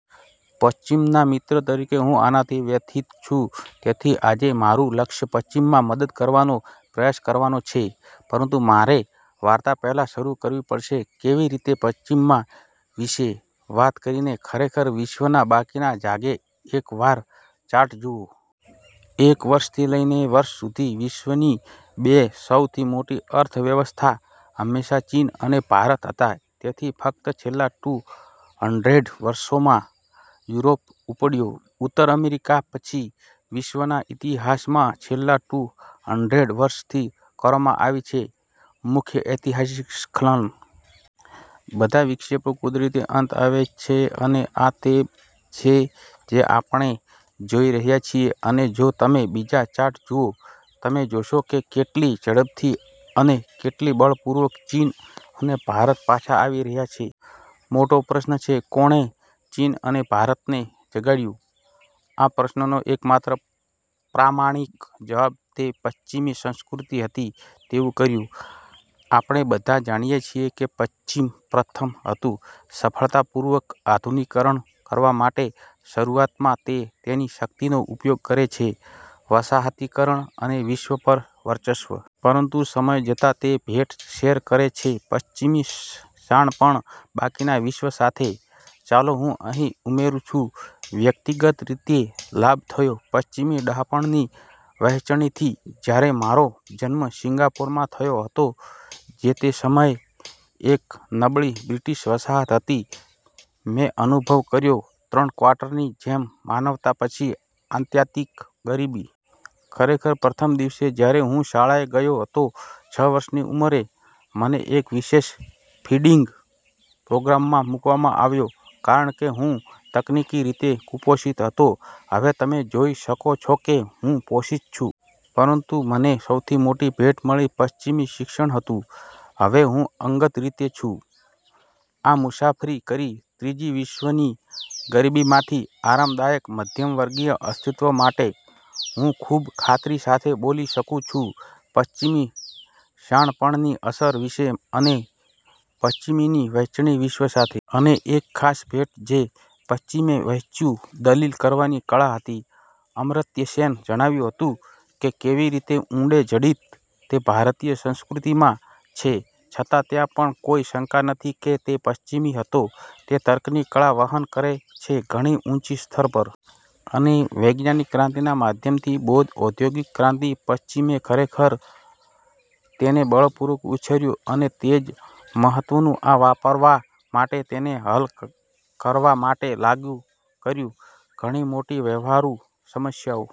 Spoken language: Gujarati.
પશ્ચિમના મિત્ર તરીકે હું આનાથી વ્યથિત છું. તેથી આજે મારું લક્ષ્ય પશ્ચિમમાં મદદ કરવાનો પ્રયાસ કરવાનો છે. પરંતુ મારે વાર્તા પહેલા શરૂ કરવી પડશે કેવી રીતે પશ્ચિમમાં વિશે વાત કરીને ખરેખર વિશ્વના બાકીના જાગે એકવાર ચાર્ટ જુઓ. એક વર્ષથી લઈને વર્ષ સુધી, વિશ્વની બે સૌથી મોટી અર્થવ્યવસ્થા હંમેશાં ચીન અને ભારત હતા. તેથી ફક્ત છેલ્લા ટુ હન્ડ્રેડ વર્ષોમાં યુરોપ ઉપડ્યો ઉત્તર અમેરિકા પછી. વિશ્વના ઇતિહાસમાં છેલ્લા ટુ હન્ડ્રેડ વર્ષ થી કરવામાં આવી છે મુખ્ય ઐતિહાસિક સ્ખલન. બધા વિક્ષેપો કુદરતી અંત આવે છે અને આ તે છે જે આપણે જોઈ રહ્યા છીએ. અને જો તમે બીજા ચાર્ટ જુઓ, તમે જોશો કે કેટલી ઝડપથી અને કેટલી બળપૂર્વક ચીન અને ભારત પાછા આવી રહ્યા છે. મોટો પ્રશ્ન છે, "કોણે ચીન અને ભારતને જગાડ્યું?" આ પ્રશ્નનો એકમાત્ર પ્રામાણિક જવાબ તે પશ્ચિમી સંસ્કૃતિ હતી તેવું કર્યું. આપણે બધા જાણીએ છીએ કે પશ્ચિમ પ્રથમ હતું સફળતાપૂર્વક આધુનિકીકરણ કરવા માટે. શરૂઆતમાં તે તેની શક્તિનો ઉપયોગ કરે છે વસાહતીકરણ અને વિશ્વ પર વર્ચસ્વ. પરંતુ સમય જતાં, તે ભેટ શેર કરે છે પશ્ચિમી શાણપણ બાકીના વિશ્વ સાથે. ચાલો હું અહીં ઉમેરું છું વ્યક્તિગત રીતે લાભ થયો પશ્ચિમી ડહાપણની વહેંચણીથી. જ્યારે મારો જન્મ સિંગાપોરમાં થયો હતો, જે તે સમયે એક નબળી બ્રિટીશ વસાહત હતી, મેં અનુભવ કર્યો, ત્રણ ક્વાર્ટરની જેમ માનવતા પછી આત્યંતિક ગરીબી. ખરેખર, પ્રથમ દિવસે જ્યારે હું શાળાએ ગયો હતો છ વર્ષની ઉંમરે, મને એક વિશેષ ફીડિંગ પ્રોગ્રામમાં મૂકવામાં આવ્યો કારણ કે હું તકનીકી રીતે કુપોષિત હતો. હવે તમે જોઈ શકો છો કે હું પોષિત છું. પરંતુ મને સૌથી મોટી ભેટ મળી પશ્ચિમી શિક્ષણ હતું. હવે હું અંગત રીતે છું. આ મુસાફરી કરી ત્રીજી વિશ્વની ગરીબીમાંથી આરામદાયક મધ્યમવર્ગીય અસ્તિત્વ માટે. હું ખૂબ ખાતરી સાથે બોલી શકું છું પશ્ચિમી શાણપણની અસર વિશે અને પશ્ચિમીની વહેંચણી વિશ્વ સાથે. અને એક ખાસ ભેટ જે પશ્ચિમે વહેંચ્યું દલીલ કરવાની કળા હતી. અમર્ત્ય સેન જણાવ્યું હતું કે કેવી રીતે ઊંડે જડિત તે ભારતીય સંસ્કૃતિમાં છે. છતાં ત્યાં પણ કોઈ શંકા નથી કે તે પશ્ચિમ હતો તે તર્કની કળા વહન કરે છે ઘણી ઊંચી સ્તર પર. અને વૈજ્ઞાનિક ક્રાંતિના માધ્યમથી બોધ, ઔદ્યોગિક ક્રાંતિ, પશ્ચિમે ખરેખર તેને બળપૂર્વક ઉછેર્યું અને તે જ મહત્વનું આ વાપરવા માટે તેને હલ કરવા માટે લાગુ કર્યું ઘણી મોટી વ્યવહારુ સમસ્યાઓ.